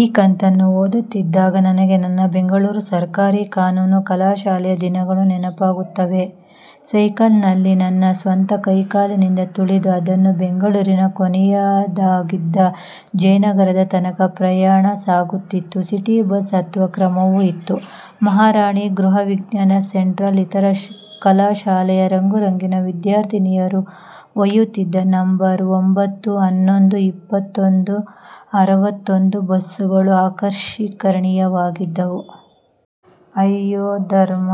ಈ ಕಂತನ್ನು ಓದುತ್ತಿದ್ದಾಗ ನನಗೆ ನನ್ನ ಬೆಂಗಳೂರು ಸರಕಾರಿ ಕಾನೂನು ಕಲಾಶಾಲೆಯ ದಿನಗಳು ನೆನಪಾಗುತ್ತವೆ. ಸೈಕಲ್ಲಿನಲ್ಲಿ ನನ್ನ ಸ್ವಂತ ಕೈಕಾಲಿನಿಂದ ತುಳಿದು ಅಂದು ಬೆಂಗಳೂರಿನ ಕೊನೆಯಾಗಿದ್ದ ಜಯನಗರದ ತನಕ ಪ್ರಯಾಣ ಸಾಗುತ್ತಿತ್ತು. ಸಿಟಿ ಬಸ್ಸು ಹತ್ತುವ ಕ್ರಮವೂ ಇತ್ತು. ಮಹಾರಾಣಿ, ಗೃಹವಿಜ್ನಾನ, ಸೆಂಟ್ರಲ್ ಇತರ ಕಲಾಶಾಲೆಯ ರಂಗು ರಂಗಿನ ವಿದ್ಯಾರ್ಥಿನಿಯರನ್ನು ಒಯ್ಯುತ್ತಿದ್ದ ನಂಬರ್ ಒಂಭತ್ತು, ಹನ್ನೊಂದು, ಇಪ್ಪತ್ತೊಂದು, ಅರವತ್ತೊಂದು ಬಸ್ಸುಗಳು ಆಕರ್ಷಣೀಯವಾಗಿದ್ದುವು. ವಯೋ ಧರ್ಮ.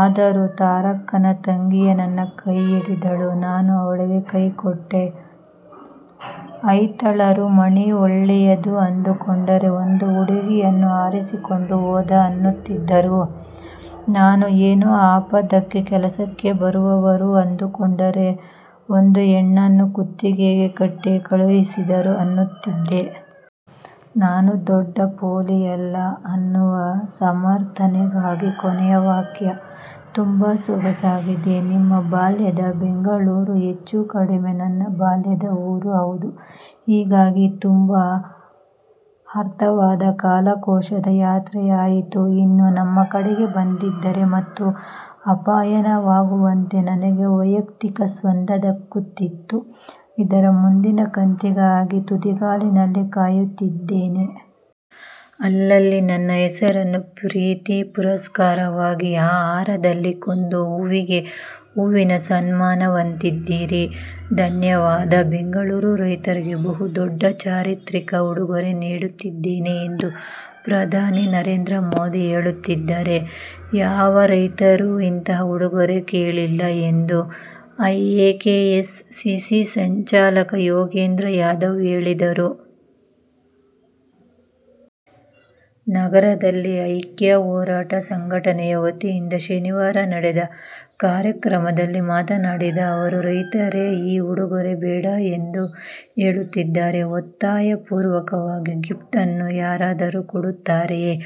ಆದರೂ ತಾರಕ್ಕನ ತಂಗಿಯೆ ನನ್ನ ಕೈಹಿಡಿದಳು ನಾನು ಅವಳಿಗೆ ಕೈ ಕೊಟ್ಟೆ. ಐತಾಳರು "ಮಾಣಿ ಒಳ್ಲೆಯದು ಅಂದು ಕೊಂಡರೆ ಒಂದು ಹುಡುಗಿಯನ್ನು ಹಾರಿಸಿ ಕೊಂಡು ಹೋದ" ಅನ್ನುತ್ತಿದ್ದರು. ನಾನು "ಏನೋ ಆಪದಕ್ಕೆ ಕೆಲಸಕ್ಕೆ ಬರುವವರು ಅಂದು ಕೊಂಡರೆ ಒಂದು ಹೆಣ್ಣನ್ನು ಕುತ್ತಿಗೆಗೆ ಕಟ್ಟಿ ಕಳುಹಿಸಿದರು ಅನ್ನುತ್ತಿದ್ದೆ. ನಾನು ದೊಡ್ಡ ಪೊಲಿಯಲ್ಲ ಅನ್ನುವ ಸಮರ್ಥನೆಗಾಗಿ, ಕೊನೆಯ ವಾಕ್ಯ. ತುಂಬ ಸೊಗಸಾಗಿದೆ. ನಿಮ್ಮ ಬಾಲ್ಯದ ಬೆಂಗಳೂರು ಹೆಚ್ಚು ಕಡಿಮೆ ನನ್ನ ಬಾಲ್ಯದ ಊರೂ ಹೌದು. ಹೀಗಾಗಿ ತುಂಬ ಹಾರ್ದವಾದ ಕಾಲಕೋಶದ ಯಾತ್ರೆಯಾಯಿತು. ಇನ್ನೂ ನಮ್ಮ ಕಡೆಗೆ ಬಂದಿದ್ದರೆ ಮತ್ತೂ ಆಪ್ಯಾಯನವಾಗುವಂತೆ ನನಗೆ ವೈಯಕ್ತಿಕಸ್ಪಂದ ದಕ್ಕುತ್ತಿತ್ತುಇದರ ಮುಂದಿನ ಕಂತಿಗಾಗಿ ತುದಿಗಾಲಿನಲ್ಲಿ ಕಾಯುತ್ತಿದ್ದೇನೆ. ಅಲ್ಲಲ್ಲಿ ನನ್ನ ಹೆಸರನ್ನೂ ಪ್ರೀತಿ ಪುರಸ್ಸರವಾಗಿ ಈ ಹಾರದಲ್ಲಿ ಕೋದು ಹುಲ್ಲಿಗೆ ಹೂವಿನ ಸುಮ್ಮಾನವನ್ನಿತ್ತಿದ್ದೀರಿ; ಧನ್ಯವಾದ. ಬೆಂಗಳೂರು: 'ರೈತರಿಗೆ ಬಹುದೊಡ್ಡ ಚಾರಿತ್ರಿಕ ಉಡುಗೊರೆ ನೀಡುತ್ತಿದ್ದೇನೆ ಎಂದು ಪ್ರಧಾನಿ ನರೇಂದ್ರ ಮೋದಿ ಹೇಳುತ್ತಿದ್ದಾರೆ. ಯಾವ ರೈತರೂ ಇಂತಹ ಉಡುಗೊರೆ ಕೇಳಿಲ್ಲ' ಎಂದು ಎಐಕೆಎಸ್ ಸಿಸಿ ಸಂಚಾಲಕ ಯೋಗೇಂದ್ರ ಯಾದವ್ ಹೇಳಿದರು. ನಗರದಲ್ಲಿ 'ಐಕ್ಯ ಹೋರಾಟ' ಸಂಘಟನೆಯ ವತಿಯಿಂದ ಶನಿವಾರ ನಡೆದ ಕಾರ್ಯಕ್ರಮದಲ್ಲಿ ಮಾತನಾಡಿದ ಅವರು, 'ರೈತರೇ ಈ ಉಡುಗೊರೆ ಬೇಡ ಎಂದು ಹೇಳುತ್ತಿದ್ದಾರೆ. ಒತ್ತಾಯಪೂರ್ವಕವಾಗಿ ಗಿಫ್ಟ್ ಅನ್ನು ಯಾರಾದರೂ ಕೊಡುತ್ತಾರೆಯೇ'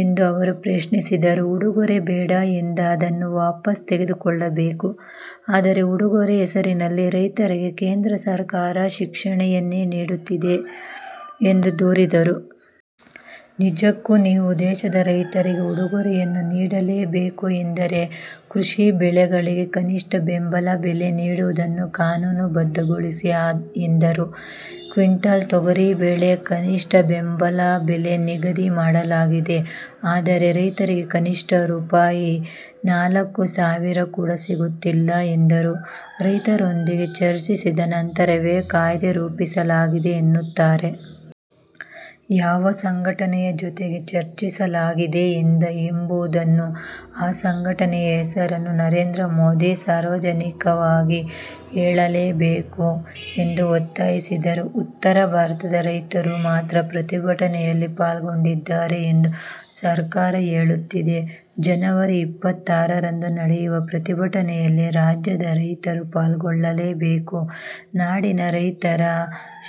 ಎಂದು ಅವರು ಪ್ರಶ್ನಿಸಿದರು. 'ಉಡುಗೊರೆ ಬೇಡ ಎಂದಾಗ ಅದನ್ನು ವಾಪಸ್ ತೆಗೆದುಕೊಳ್ಳಬೇಕು. ಆದರೆ, ಉಡುಗೊರೆ ಹೆಸರಲ್ಲಿ ರೈತರಿಗೆ ಕೇಂದ್ರ ಸರ್ಕಾರ ಶಿಕ್ಷೆಯನ್ನೇ ನೀಡುತ್ತಿದೆ' ಎಂದು ದೂರಿದರು. 'ನಿಜಕ್ಕೂ ನೀವು ದೇಶದ ರೈತರಿಗೆ ಉಡುಗೊರೆಯನ್ನು ನೀಡಲೇಬೇಕು ಎಂದರೆ ಕೃಷಿ ಬೆಳೆಗಳಿಗೆ ಕನಿಷ್ಠ ಬೆಂಬಲ ಬೆಲೆ ನೀಡುವುದನ್ನು ಕಾನೂನು ಬದ್ಧಗೊಳಿಸಿ' ಎಂದರು. ಕ್ವಿಂಟಲ್ ತೊಗರಿಬೇಳೆಗೆ ಕನಿಷ್ಠ ಬೆಂಬಲ ಬೆಲೆ ನಿಗದಿ ಮಾಡಲಾಗಿದೆ. ಆದರೆ, ರೈತರಿಗೆ ಕನಿಷ್ಠ ರೂಪಾಯಿ ನಾಲ್ಕು ಸಾವಿರ ಕೂಡ ಸಿಗುತ್ತಿಲ್ಲ' ಎಂದರು. 'ರೈತರೊಂದಿಗೆ ಚರ್ಚಿಸಿದ ನಂತರವೇ ಕಾಯ್ದೆ ರೂಪಿಸಲಾಗಿದೆ ಎನ್ನುತ್ತಾರೆ. ಯಾವ ಸಂಘಟನೆ ಜೊತೆಗೆ ಚರ್ಚಿಸಲಾಗಿದೆ ಎಂಬುದನ್ನು, ಆ ಸಂಘಟನೆಯ ಹೆಸರನ್ನು ನರೇಂದ್ರ ಮೋದಿ ಸಾರ್ವಜನಿಕವಾಗಿ ಹೇಳಬೇಕು' ಎಂದು ಒತ್ತಾಯಿಸಿದರು. 'ಉತ್ತರ ಭಾರತದ ರೈತರು ಮಾತ್ರ ಪ್ರತಿಭಟನೆಯಲ್ಲಿ ಪಾಲ್ಗೊಂಡಿದ್ದಾರೆ ಎಂದು ಸರ್ಕಾರ ಹೇಳುತ್ತಿದೆ. ಜನವರಿ ಇಪ್ಪತ್ತಾರರಂದು ನಡೆಯುವ ಪ್ರತಿಭಟನೆಯಲ್ಲಿ ರಾಜ್ಯದ ರೈತರೂ ಪಾಲ್ಗೊಳ್ಳಬೇಕು. ನಾಡಿನ ರೈತ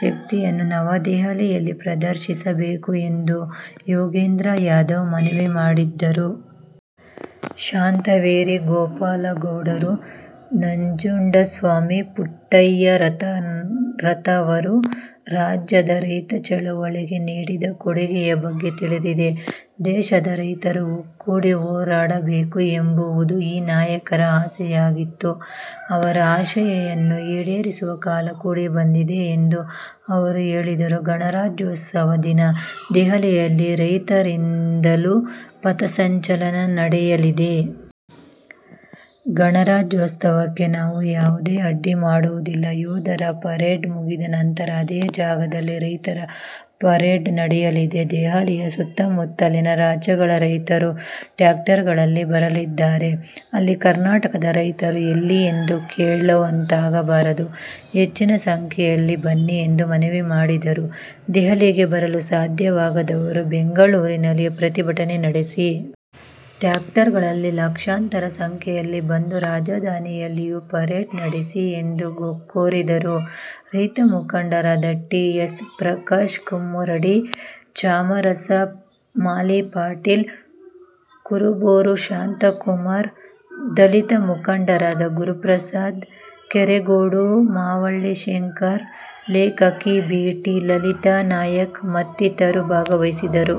ಶಕ್ತಿಯನ್ನು ನವದೆಹಲಿಯಲ್ಲಿ ಪ್ರದರ್ಶಿಸಬೇಕು' ಎಂದು ಯೋಗೇಂದ್ರ ಯಾದವ್ ಮನವಿ ಮಾಡಿದರು. 'ಶಾಂತವೇರಿ ಗೋಪಾಲಗೌಡರು, ನಂಜುಂಡಸ್ವಾಮಿ, ಪುಟ್ಟಣ್ಣಯ್ಯರಂಥವರು ರಾಜ್ಯದ ರೈತ ಚಳವಳಿಗೆ ನೀಡಿದ ಕೊಡುಗೆ ಬಗ್ಗೆ ತಿಳಿದಿದೆ. ದೇಶದ ರೈತರು ಒಗ್ಗೂಡಿ ಹೋರಾಡಬೇಕು ಎಂಬುದು ಈ ನಾಯಕರ ಆಸೆಯಾಗಿತ್ತು. ಅವರ ಆಶಯವನ್ನು ಈಡೇರಿಸುವ ಕಾಲ ಕೂಡಿ ಬಂದಿದೆ' ಎಂದೂ ಅವರು ಹೇಳಿದರು. 'ಗಣರಾಜ್ಯೋತ್ಸವ ದಿನ ದೆಹಲಿಯಲ್ಲಿ ರೈತರಿಂದಲೂ ಪಥಸಂಚಲನ ನಡೆಯಲಿದೆ. ಗಣರಾಜ್ಯೋತ್ಸವಕ್ಕೆ ನಾವು ಯಾವುದೇ ಅಡ್ಡಿ ಮಾಡುವುದಿಲ್ಲ. ಯೋಧರ ಪರೇಡ್ ಮುಗಿದ ನಂತರ, ಅದೇ ಜಾಗದಲ್ಲಿ ರೈತರ ಪರೇಡ್ ನಡೆಯಲಿದೆ. ದೆಹಲಿಯ ಸುತ್ತ–ಮುತ್ತಲಿನ ರಾಜ್ಯಗಳ ರೈತರು ಟ್ರ್ಯಾಕ್ಟರ್ಗಳಲ್ಲಿ ಬರಲಿದ್ದಾರೆ. ಅಲ್ಲಿ ಕರ್ನಾಟಕದ ರೈತರು ಎಲ್ಲಿ ಎಂದು ಕೇಳುವಂತಾಗಬಾರದು. ಹೆಚ್ಚಿನ ಸಂಖ್ಯೆಯಲ್ಲಿ ಬನ್ನಿ' ಎಂದು ಮನವಿ ಮಾಡಿದರು. 'ದೆಹಲಿಗೆ ಬರಲು ಸಾಧ್ಯವಾಗದವರು ಬೆಂಗಳೂರಿನಲ್ಲಿಯೇ ಪ್ರತಿಭಟನೆ ನಡೆಸಿ. ಟ್ರ್ಯಾಕ್ಟರ್ಗಳಲ್ಲಿ ಲಕ್ಷಾಂತರ ಸಂಖ್ಯೆಯಲ್ಲಿ ಬಂದು ರಾಜಧಾನಿಯಲ್ಲಿಯೂ ಪರೇಡ್ ನಡೆಸಿ' ಎಂದು ಕೋರಿದರು. ರೈತ ಮುಖಂಡರಾದ ಟಿ. ಎನ್. ಪ್ರಕಾಶ್ ಕಮ್ಮರಡಿ, ಚಾಮರಸ ಮಾಲಿಪಾಟೀಲ, ಕುರಬೂರು ಶಾಂತಕುಮಾರ್, ದಲಿತ ಮುಖಂಡರಾದ ಗುರುಪ್ರಸಾದ್ ಕೆರೆಗೋಡು, ಮಾವಳ್ಳಿ ಶಂಕರ್, ಲೇಖಕಿ ಬಿ. ಟಿ. ಲಲಿತಾ ನಾಯಕ್ ಮತ್ತಿತರರು ಭಾಗವಹಿಸಿದರು.